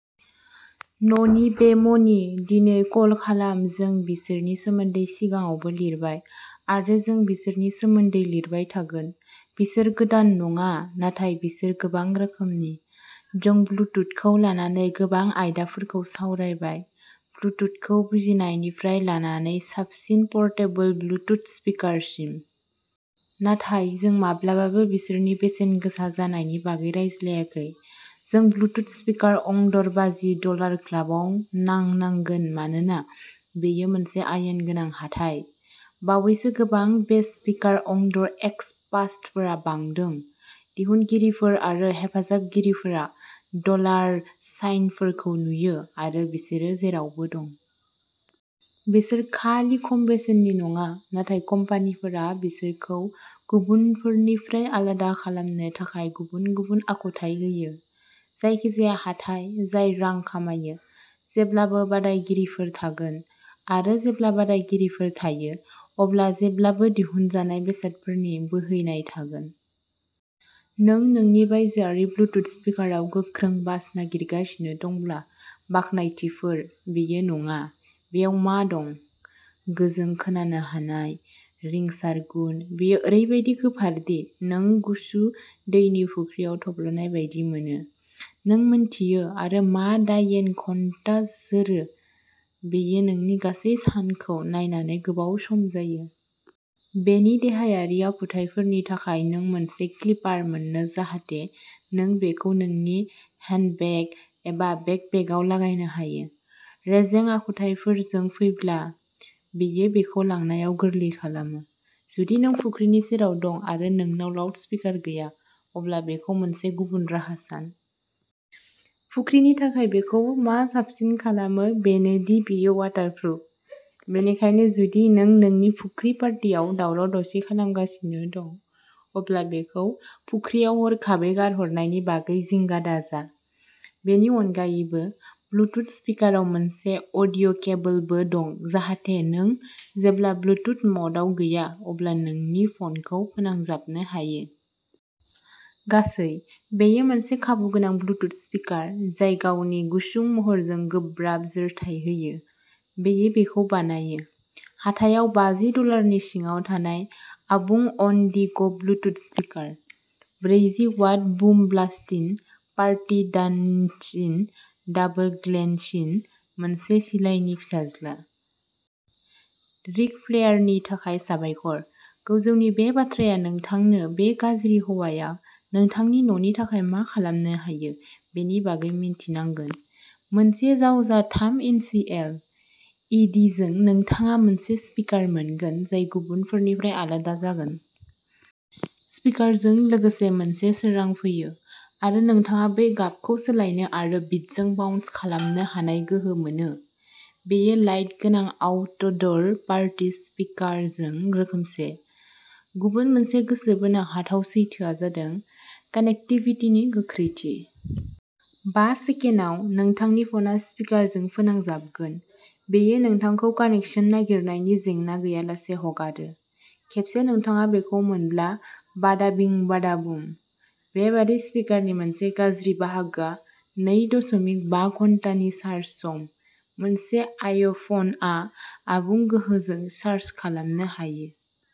न'नि बे मणि, दिनै कल खालाम जों बिसोरनि सोमोन्दै सिगाङावबो लिरबाय। आरो जों बिसोरनि सोमोन्दै लिरबाय थागोन। बिसोर गोदान नङा, नाथाय बिसोर गोबां रोखोमनि। जों ब्लुटुथखौ लानानै गोबां आयदाफोरखौ सावरायबाय। ब्लुटुथखौ बुजिनायनिफ्राय लानानै साबसिन परटेबल ब्लुटुथ स्पिकार सिम। नाथाय जों माब्लाबाबो बिसोरनि बेसेनगोसा जानायनि बागै रायज्लायाखै। जों ब्लुटुथ स्पिकार अंडर बाजि डलार क्लाबाव नांनांगोन मानोना बेयो मोनसे आयेन गोनां हाथाइ। बावैसो गोबां बेस्ट स्पिकार अंडर एक्स पस्टफोरा बांदों। दिहुनगिरिफोर आरो हेफाजाबगिरिफोरा डलार साइनफोरखौ नुयो, आरो बिसोरो जेरावबो दं। बिसोर खालि खम बेसेननि नङा, नाथाय कम्पानिफोरा बिसोरखौ गुबुनफोरनिफ्राय आलादा खालामनो थाखाय गुबुन गुबुन आखुथाय होयो। जायखिजाया हाथाइ जाय रां खामायो, जेब्लाबो बादायगिरिफोर थागोन। आरो जेब्ला बादायगिरिफोर थायो, अब्ला जेब्लाबो दिहुनजानाय बेसादफोरनि बोहैनाय थागोन। नों नोंनि बायजोआरि ब्लुटुथ स्पिकाराव गोख्रों बास नागिरगासिनो दंब्ला बाख्नायथिफोर, बेयो नङा। बेयाव मा दं। गोजों, खोनानो हानाय रिंसार गुन। बेयो ओरैबादि गोफार दि नों गुसु दैनि फुख्रियाव थब्लनाय बायदि मोनो। नों मिन्थियो आरो मा दायेन घन्टा जोरो बेयो नोंनि गासै सानखौ नायनानै गोबाव सम जायो। बेनि देहायारि आखुथायफोरनि थाखाय नों मोनसे क्लिपार मोनो जाहाथे नों बेखौ नोंनि हेन्डबेग, एबा बेकपेकआव लागायनो हायो। रेजें आखुथायजों फैब्ला, बेयो बेखौ लांनायाव गोरलै खालामो। जुदि नों फुख्रिनि सेराव दं आरो नोंनाव लाउडस्पिकार गैया, अब्ला बेखौ मोनसे गुबुन राहा सान। फुख्रिनि थाखाय बेखौ मा साबसिन खालामो बेनो दि बेयो वाटारप्रुफ। बेनिखायनो जुदि नों नोंनि फुख्रि पार्टियाव दावराव-दावसि खालामगासिनो दं, अब्ला बेखौ फुख्रियाव हरखाबै गारहरनायनि बागै जिंगा दाजा। बेनि अनगायैबो, ब्लुटुथ स्पिकाराव मोनसे अडिअ'केबलबो दं जाहाथे नों जेब्ला ब्लुटुथ म'डआव गैया अब्ला नोंनि फ'नखौ फोनांजाबनो हायो। गासै, बेयो मोनसे खाबुगोनां ब्लुटुथ स्पिकार जाय गावनि गुसुं महरजों गोब्राब जोरथाय होयो। बेयो बेखौ बानायो। हाथायाव बाजि डलारनि सिङाव थानाय आबुं अन दि ग ब्लुटुथ स्पिकार। ब्रैजि watt boom blasting, party dancing, double glancing, मोनसे सिलाइनि फिसाज्ला। रिक फ्लेयारनि थाखाय साबायखर, गोजौनि बे बाथ्राआ नोंथांनो बे गाज्रि हौवाया नोंथांनि न'नि थाखाय मा खालामनो हायो बेनि बागै मिन्थिनांगोन। मोनसे जावजा थाम इन्सि एल। इ डि जों नोंथाङा मोनसे स्पिकार मोनगोन जाय गुबुनफोरनिफ्राय आलादा जागोन। स्पिकारजों लोगोसे मोनसे सोरां फैयो। आरो नोंथाङा बै गाबखौ सोलायनो आरो बिटजों बाउन्स खालामनो हानाय गोहो मोनो। बेयो लाइट गोनां आउटड'र पार्टि स्पिकारजों रोखोमसे। गुबुन मोनसे गोसो बोनो हाथाव सैथोआ जादों कानेक्टिभिटिनि गोख्रैथि। बा सेकेन्डाव, नोंथांनि फना स्पिकारजों फोनांजाबगोन। बेयो नोंथांखौ कानेक्सन नागिरनायनि जेंना गैयालासे हगारो। खेबसे नोंथाङा बेखौ मोनब्ला, बाडा बिं बाडा बुम। बेबादि स्पिकारनि मोनसे गाज्रि बाहागोआ नै दशमिक बा घन्टानि चार्ज सम। मोनसे आइफनआ आबुं गोहोजों चार्ज खालामनो हायो।